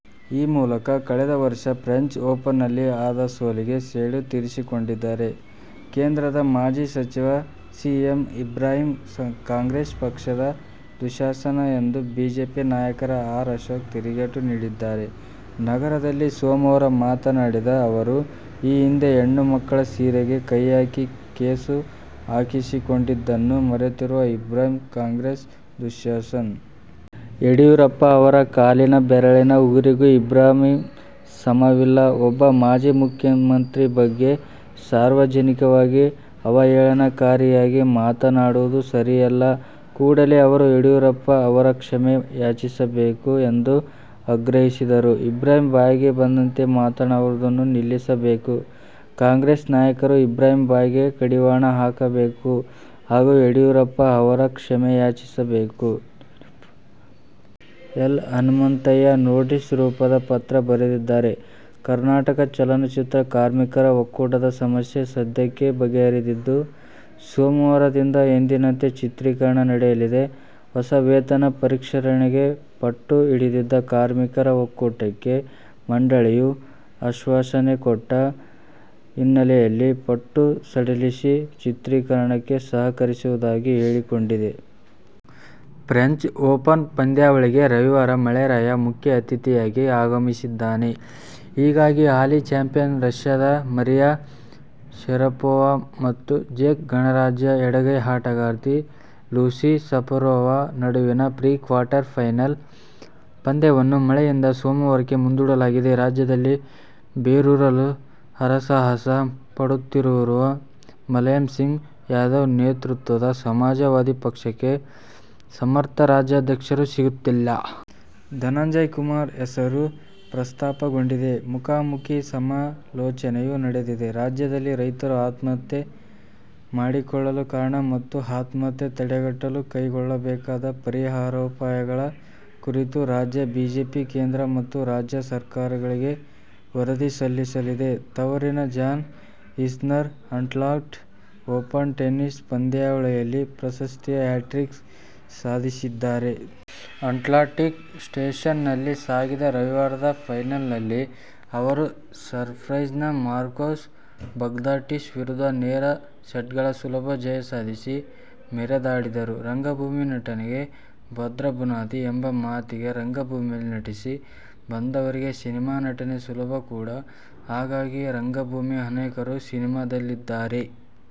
ಈ ಮೂಲಕ ಕಳೆದ ವರ್ಷದ ಫ್ರೆಂಚ್ ಓಪನ್ನಲ್ಲಿ ಆದ ಸೋಲಿಗೆ ಸೇಡು ತೀರಿಸಿಕೊಂಡಿದ್ದಾರೆ. ಕೇಂದ್ರದ ಮಾಜಿ ಸಚಿವ ಸಿ. ಎಂ. ಇಬ್ರಾಹಿಂ ಕಾಂಗ್ರೆಸ್ ಪಕ್ಷದ ದುಶ್ಯಾಸನ ಎಂದು ಬಿಜೆಪಿ ನಾಯಕ ಆರ್. ಅಶೋಕ್ ತಿರುಗೇಟು ನೀಡಿದ್ದಾರೆ. ನಗರದಲ್ಲಿ ಸೋಮವಾರ ಮಾತನಾಡಿದ ಅವರು, ಈ ಹಿಂದೆ ಹೆಣ್ಣು ಮಕ್ಕಳ ಸೀರೆಗೆ ಕೈ ಹಾಕಿ, ಕೇಸು ಹಾಕಿಸಿಕೊಂಡಿದ್ದನ್ನು ಮರೆತಿರುವ ಇಬ್ರಾಹಿಂ ಕಾಂಗ್ರೆಸ್ನ ದುಶ್ಯಾಸನ. ಯಡಿಯೂರಪ್ಪ ಅವರ ಕಾಲಿನ ಬೆರಳಿನ ಉಗುರಿಗೂ ಇಬ್ರಾಹಿಂ ಸಮವಿಲ್ಲ. ಒಬ್ಬ ಮಾಜಿ ಮುಖ್ಯಮಂತ್ರಿ ಬಗ್ಗೆ ಸಾರ್ವಜನಿಕವಾಗಿ ಅವಹೇಳನಕಾರಿಯಾಗಿ ಮಾತನಾಡುವುದು ಸರಿಯಲ್ಲ. ಕೂಡಲೇ ಅವರು ಯಡಿಯೂರಪ್ಪ ಅವರ ಕ್ಷಮೆ ಯಾಚಿಸಬೇಕು ಎಂದು ಆಗ್ರಹಿಸಿದರು. ಇಬ್ರಾಹಿಂ ಬಾಯಿಗೆ ಬಂದಂತೆ ಮಾತನಾಡುವುದನ್ನು ನಿಲ್ಲಿಸಬೇಕು. ಕಾಂಗ್ರೆಸ್ ನಾಯಕರು ಇಬ್ರಾಹಿಂ ಬಾಯಿಗೆ ಕಡಿವಾಣ ಹಾಕಬೇಕು ಹಾಗೂ ಯಡಿಯೂರಪ್ಪ ಅವರ ಕ್ಷಮೆಯಾಚಿಸಬೇಕು. ಎಲ್. ಹನುಮಂತಯ್ಯ ನೋಟಿಸ್ ರೂಪದ ಪತ್ರ ಬರೆದಿದ್ದಾರೆ. ಕರ್ನಾಟಕ ಚಲನಚಿತ್ರ ಕಾರ್ಮಿಕರ ಒಕ್ಕೂಟದ ಸಮಸ್ಯೆ ಸದ್ಯಕ್ಕೆ ಬಗೆಹರಿದಿದ್ದು, ಸೋಮವಾರದಿಂದ ಎಂದಿನಂತೆ ಚಿತ್ರೀಕರಣ ನಡೆಯಲಿದೆ. ಹೊಸ ವೇತನ ಪರಿಷ್ಕರಣೆಗೆ ಪಟ್ಟು ಹಿಡಿದಿದ್ದ ಕಾರ್ಮಿಕರ ಒಕ್ಕೂಟಕ್ಕೆ ಮಂಡಳಿಯು ಆಶ್ವಾಸನೆ ಕೊಟ್ಟ ಹಿನ್ನೆಲೆಯಲ್ಲಿ, ಪಟ್ಟು ಸಡಿಲಿಸಿ ಚಿತ್ರೀಕರಣಕ್ಕೆ ಸಹಕರಿಸುವುದಾಗಿ ಹೇಳಿಕೊಂಡಿದೆ. ಫ್ರೆಂಚ್ ಓಪನ್ ಪಂದ್ಯಾವಳಿಗೆ ರವಿವಾರ ಮಳೆರಾಯ ಮುಖ್ಯ ಅತಿಥಿಯಾಗಿ ಆಗಮಿಸಿದ್ದಾನೆ. ಹೀಗಾಗಿ ಹಾಲಿ ಚಾಂಪಿಯನ್ ರಶ್ಯದ ಮರಿಯಾ ಶರಪೋವಾ ಮತ್ತು ಜೆಕ್ ಗಣರಾಜ್ಯದ ಎಡಗೈ ಆಟಗಾರ್ತಿ ಲೂಸಿ ಸಫರೋವಾ ನಡುವಿನ ಪ್ರೀ-ಕ್ವಾರ್ಟರ್ ಫೈನಲ್ ಪಂದ್ಯವನ್ನು ಮಳೆಯಿಂದ ಸೋಮವಾರಕ್ಕೆ ಮುಂದೂಡಲಾಗಿದೆ. ರಾಜ್ಯದಲ್ಲಿ ಬೇರೂರಲು ಹರಸಾಹಸ ಪಡುತ್ತಿರುವ ಮುಲಾಯಂ ಸಿಂಗ್ ಯಾದವ್ ನೇತೃತ್ವದ ಸಮಾಜವಾದಿ ಪಕ್ಷಕ್ಕೆ ಸಮರ್ಥ ರಾಜ್ಯಾಧ್ಯಕ್ಷರು ಸಿಗುತ್ತಿಲ್ಲ. ಧನಂಜಯಕುಮಾರ್ ಹೆಸರು ಪ್ರಸ್ತಾಪಗೊಂಡಿದೆ. ಮುಖಾಮುಖೀ ಸಮಾಲೋಚನೆಯೂ ನಡೆದಿದೆ. ರಾಜ್ಯದಲ್ಲಿ ರೈತರು ಆತ್ಮಹತ್ಯೆ ಮಾಡಿಕೊಳ್ಳಲು ಕಾರಣ ಮತ್ತು ಆತ್ಮಹತ್ಯೆ ತಡೆಗಟ್ಟಲು ಕೈಗೊಳ್ಳಬೇಕಾದ ಪರಿಹಾರೋಪಾಯಗಳ ಕುರಿತು ರಾಜ್ಯ ಬಿಜೆಪಿ ಕೇಂದ್ರ ಮತ್ತು ರಾಜ್ಯ ಸರ್ಕಾರಗಳಿಗೆ ವರದಿ ಸಲ್ಲಿಸಲಿದೆ. ತವರಿನ John Isner Atlanta Open tennis ಪಂದ್ಯಾವಳಿಯಲ್ಲಿ ಪ್ರಶಸ್ತಿಯ ಹ್ಯಾಟ್ರಿಕ್ ಸಾಧಿಸಿದ್ದಾರೆ. "ಅಟ್ಲಾಂಟಿಕ್ ಸ್ಟೇಷನ್'ನಲ್ಲಿ ಸಾಗಿದ ರವಿವಾರದ ಫೈನಲ್ನಲ್ಲಿ ಅವರು ಸೈಪ್ರಸ್ನ ಮಾರ್ಕೋಸ್ ಬಗ್ಧಾಟಿಸ್ ವಿರುದ್ಧ, ನೇರ ಸೆಟ್ಗಳ ಸುಲಭ ಜಯ ಸಾಧಿಸಿ ಮೆರೆದಾಡಿದರು. ರಂಗಭೂಮಿ ನಟನೆಗೆ ಭದ್ರ ಬುನಾದಿ ಎಂಬ ಮಾತಿದೆ. ರಂಗಭೂಮಿಯಲ್ಲಿ ನಟಿಸಿ ಬಂದವರಿಗೆ ಸಿನಿಮಾ ನಟನೆ ಸುಲಭ ಕೂಡಾ. ಹಾಗಾಗಿಯೇ ರಂಗಭೂಮಿಯ ಅನೇಕರು ಸಿನಿಮಾದಲ್ಲಿದ್ದಾರೆ.